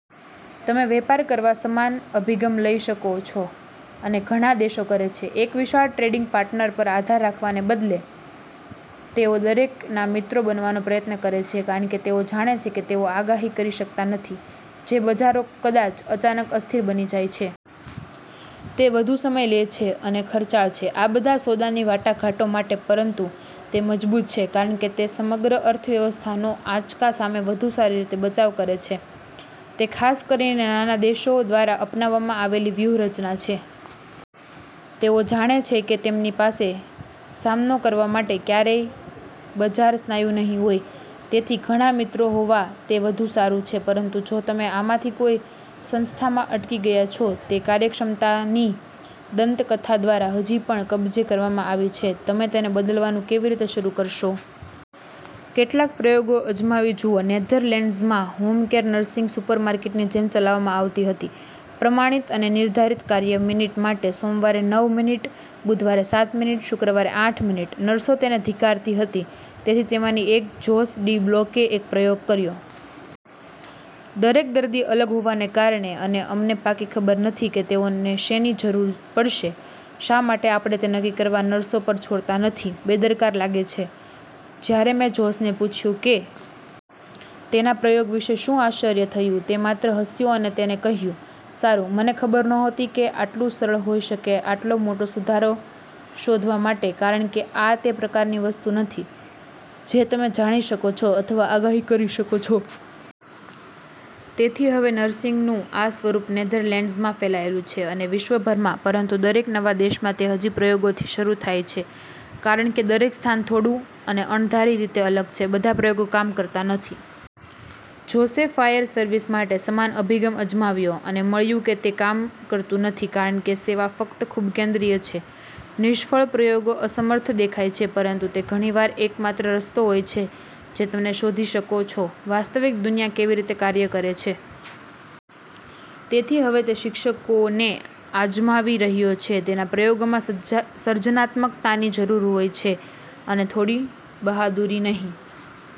તમે વેપાર કરવા સમાન અભિગમ લઈ શકો છો અને ઘણા દેશો કરે છે. એક વિશાળ ટ્રેડિંગ પાર્ટનર પર આધાર રાખવાને બદલે તેઓ દરેકના મિત્રો બનવાનો પ્રયત્ન કરે છે કારણ કે તેઓ જાણે છે તેઓ આગાહી કરી શકતા નથી જે બજારો કદાચ અચાનક અસ્થિર બની જાય છે. તે વધુ સમય લે છે અને ખર્ચાળ છે આ બધા સોદાની વાટાઘાટો માટે પરંતુ તે મજબૂત છે કારણ કે તે સમગ્ર અર્થવ્યવસ્થાનો આંચકા સામે વધુ સારી રીતે બચાવ કરે છે. તે ખાસ કરીને નાના દેશો દ્વારા અપનાવવામાં આવેલી વ્યૂહરચના છે. તેઓ જાણે છે કે તેમની પાસે સામનો કરવા માટે ક્યારેય બજાર સ્નાયુ નહીં હોય. તેથી ઘણા મિત્રો હોવા તે વધુ સારું છે. પરંતુ જો તમે આમાંથી કોઈ સંસ્થામાં અટકી ગયા છો તે કાર્યક્ષમતાની દંતકથા દ્વારા હજી પણ કબજે કરવામાં આવી છે, તમે તેને બદલવાનું કેવી રીતે શરૂ કરશો? કેટલાક પ્રયોગો અજમાવી જુઓ. નેધરલેન્ડ્સમાં હોમ કેર નર્સિંગ સુપરમાર્કેટની જેમ ચલાવવામાં આવતી હતી પ્રમાણિત અને નિર્ધારિત કાર્ય મિનિટ માટે, સોમવારે નવ મિનિટ, બુધવારે સાત મિનિટ, શુક્રવારે આઠ મિનિટ. નર્સો તેને ધિક્કારતી હતી. તેથી તેમાંની એક જોસ ડી બ્લોકે એક પ્રયોગ કર્યો. દરેક દર્દી અલગ હોવાને કારણે અને અમને પાક્કી ખબર નથી કે તેઓને શેની જરૂર પડશે. શા માટે આપણે તે નક્કી કરવા નર્સો પર છોડતા નથી? બેદરકાર લાગે છે? જ્યારે મેં જોસને પૂછ્યું કે તેનાં પ્રયોગ વિશે શું આશ્ચર્ય થયું, તે માત્ર હસ્યો અને તેણે કહ્યું, "સારું, મને ખબર નહોતી તે આટલું સરળ હોઈ શકે આટલો મોટો સુધારો શોધવા માટે કારણ કે આ તે પ્રકારની વસ્તુ નથી જે તમે જાણી શકો છો અથવા આગાહી કરી શકો છો. તેથી હવે નર્સિંગનું આ સ્વરૂપ નેધરલેન્ડ્ઝમાં ફેલાયેલું છે અને વિશ્વભરમાં. પરંતુ દરેક નવા દેશમાં તે હજી પ્રયોગોથી શરૂ થાય છે કારણ કે દરેક સ્થાન થોડું અને અણધારી રીતે અલગ છે. બધા પ્રયોગો કામ કરતા નથી. જોસે ફાયર સર્વિસ માટે સમાન અભિગમ અજમાવ્યો અને મળ્યું કે તે કામ કરતું નથી કારણ કે સેવા ફક્ત ખૂબ કેન્દ્રિય છે. નિષ્ફળ પ્રયોગો અસમર્થ દેખાય છે પરંતુ તે ઘણી વાર એકમાત્ર રસ્તો હોય છે જે તમે શોધી શકો છો વાસ્તવિક દુનિયા કેવી રીતે કાર્ય કરે છે. તેથી હવે તે શિક્ષકોને આજમાવી રહ્યો છે. તેના પ્રયોગોમાં સર્જનાત્મકતાની જરૂર હોય છે અને થોડી બહાદુરી નહીં.